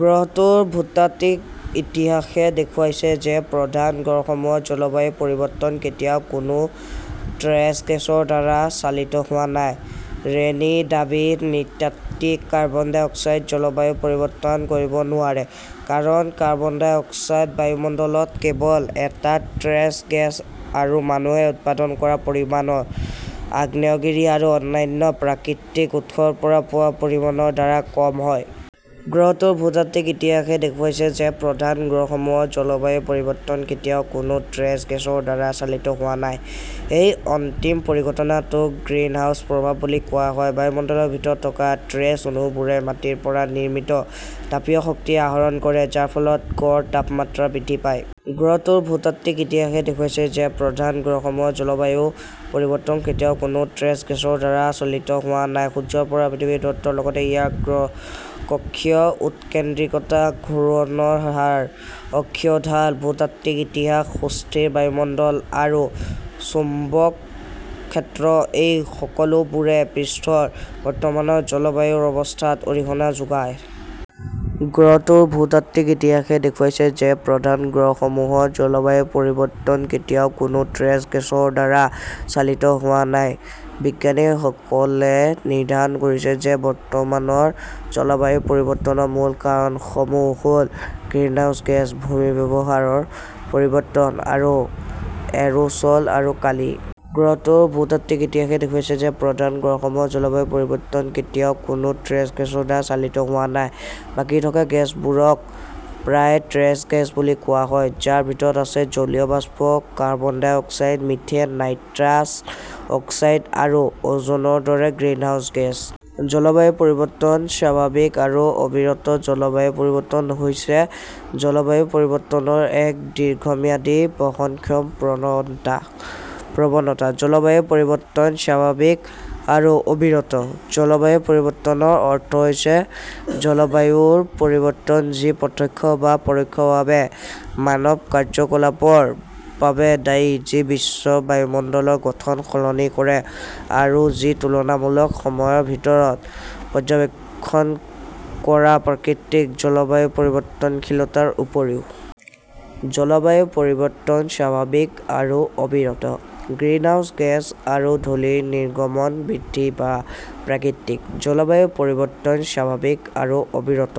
গ্ৰহটোৰ ভূতাত্ত্বিক ইতিহাসে দেখুৱাইছে যে প্ৰধান গ্ৰহসমূহৰ জলবায়ু পৰিৱৰ্তন কেতিয়াও কোনো ট্ৰেছ গেছৰ দ্বাৰা চালিত হোৱা নাই। ৰেনী: "দাবী: নৃতাত্ত্বিক কাৰ্বন ডাই অক্সাইড জলবায়ু পৰিৱৰ্তন কৰিব নোৱাৰে, কাৰণ কাৰ্বন ডাই অক্সাইড বায়ুমণ্ডলত কেৱল এটা ট্ৰেছ গেছ আৰু মানুহে উৎপাদন কৰা পৰিমাণ আগ্নেয়গিৰি আৰু অন্যান্য প্ৰাকৃতিক উৎসৰ পৰা পোৱা পৰিমাণৰ দ্বাৰা কম হয়। গ্ৰহটোৰ ভূতাত্ত্বিক ইতিহাসে দেখুৱাইছে যে প্ৰধান গ্ৰহসমূহৰ জলবায়ু পৰিৱৰ্তন কেতিয়াও কোনো ট্ৰেছ গেছৰ দ্বাৰা চালিত হোৱা নাই। এই অন্তিম পৰিঘটনাটোক গ্ৰীণহাউছ প্ৰভাৱ বুলি কোৱা হয়ঃ বায়ুমণ্ডলৰ ভিতৰত থকা ট্ৰেছ অণুবোৰে মাটিৰ পৰা নিৰ্মিত তাপীয় শক্তি আহৰণ কৰে, যাৰ ফলত গড় তাপমাত্ৰা বৃদ্ধি পায়। গ্ৰহটোৰ ভূতাত্ত্বিক ইতিহাসে দেখুৱাইছে যে প্ৰধান গ্ৰহসমূহৰ জলবায়ু পৰিৱৰ্তন কেতিয়াও কোনো ট্ৰেছ গেছৰ দ্বাৰা চালিত হোৱা নাই। সূৰ্যৰ পৰা পৃথিৱীৰ দূৰত্বৰ লগতে ইয়াৰ কক্ষীয় উৎকেন্দ্ৰিকতা, ঘূৰণৰ হাৰ, অক্ষীয় ঢাল, ভূতাত্ত্বিক ইতিহাস, সুস্থিৰ বায়ুমণ্ডল আৰু চৌম্বক ক্ষেত্ৰ এই সকলোবোৰে পৃষ্ঠৰ বৰ্তমানৰ জলবায়ুৰ অৱস্থাত অৰিহণা যোগায়। গ্ৰহটোৰ ভূতাত্ত্বিক ইতিহাসে দেখুৱাইছে যে প্ৰধান গ্ৰহসমূহৰ জলবায়ু পৰিৱৰ্তন কেতিয়াও কোনো ট্ৰেছ গেছৰ দ্বাৰা চালিত হোৱা নাই। বিজ্ঞানীসকলে নিৰ্ধাৰণ কৰিছে যে বৰ্তমানৰ জলবায়ু পৰিৱৰ্তনৰ মূল কাৰকসমূহ হ "ল গ্ৰীণহাউচ গেছ, ভূমি ব্যৱহাৰৰ পৰিৱৰ্তন, আৰু এৰ" ছল আৰু কালি। গ্ৰহটোৰ ভূতাত্ত্বিক ইতিহাসে দেখুৱাইছে যে প্ৰধান গ্ৰহসমূহৰ জলবায়ু পৰিৱৰ্তন কেতিয়াও কোনো ট্ৰেছ গেছৰ দ্বাৰা চালিত হোৱা নাই। বাকী থকা গেছবোৰক প্ৰায়ে ট্ৰেছ গেছ বুলি কোৱা হয়, যাৰ ভিতৰত আছে জলীয় বাষ্প, carbon dioxide, methane, nitrous oxide আৰু অ 'জনৰ দৰে গ্ৰীণহাউচ গেছ। জলবায়ু পৰিৱৰ্তন স্বাভাৱিক আৰু অবিৰত। জলবায়ু পৰিৱৰ্তন হৈছে জলবায়ু পৰিৱৰ্তনৰ এক দীৰ্ঘম্যাদী, বহনক্ষম প্ৰৱণতা। জলবায়ু পৰিৱৰ্তন স্বাভাৱিক আৰু অবিৰত। জলবায়ু পৰিৱৰ্তনৰ অৰ্থ হৈছে জলবায়ুৰ পৰিৱৰ্তন যি প্ৰত্যক্ষ বা পৰোক্ষভাৱে মানৱ কাৰ্যকলাপৰ বাবে দায়ী যি বিশ্ব বায়ুমণ্ডলৰ গঠন সলনি কৰে আৰু যি তুলনামূলক সময়ৰ ভিতৰত পৰ্যবেক্ষণ কৰা প্ৰাকৃতিক জলবায়ু পৰিৱৰ্তনশীলতাৰ উপৰিও। জলবায়ু পৰিৱৰ্তন স্বাভাৱিক আৰু অবিৰত। গ্ৰিনহাউস গেছ আৰু ধূলিৰ নিৰ্গমন বৃদ্ধি বা প্ৰাকৃতিক। জলবায়ু পৰিৱৰ্তন স্বাভাৱিক আৰু অবিৰত।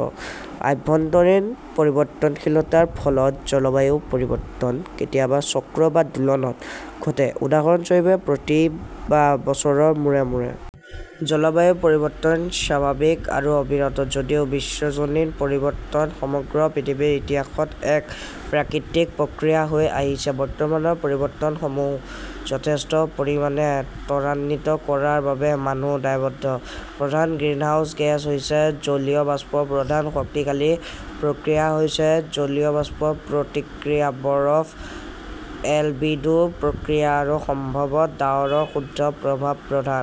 আভ্যন্তৰীণ পৰিৱৰ্তনশীলতাৰ ফলত জলবায়ু পৰিৱৰ্তন কেতিয়াবা চক্ৰ বা দোলনত ঘটে, উদাহৰণস্বৰূপে প্ৰতি বা বছৰৰ মূৰে মূৰে। জলবায়ু পৰিৱৰ্তন স্বাভাৱিক আৰু অবিৰত। যদিও বিশ্বজনীন পৰিৱৰ্তন সমগ্ৰ পৃথিৱীৰ ইতিহাসত এক প্ৰাকৃতিক প্ৰক্ৰিয়া হৈ আহিছে, বৰ্তমানৰ পৰিৱৰ্তনসমূহ যথেষ্ট পৰিমাণে ত্বৰান্বিত কৰাৰ বাবে মানুহ দায়বদ্ধ। প্ৰধান গ্ৰীণহাউস গেছ হৈছে জলীয় বাষ্প প্ৰধান শক্তিশালী প্ৰতিক্ৰিয়া হৈছে জলীয় বাষ্পৰ প্ৰতিক্ৰিয়া, বৰফ-এলবিডো প্ৰতিক্ৰিয়া, আৰু সম্ভৱতঃ ডাৱৰৰ শুদ্ধ প্ৰভাৱ। প্ৰধান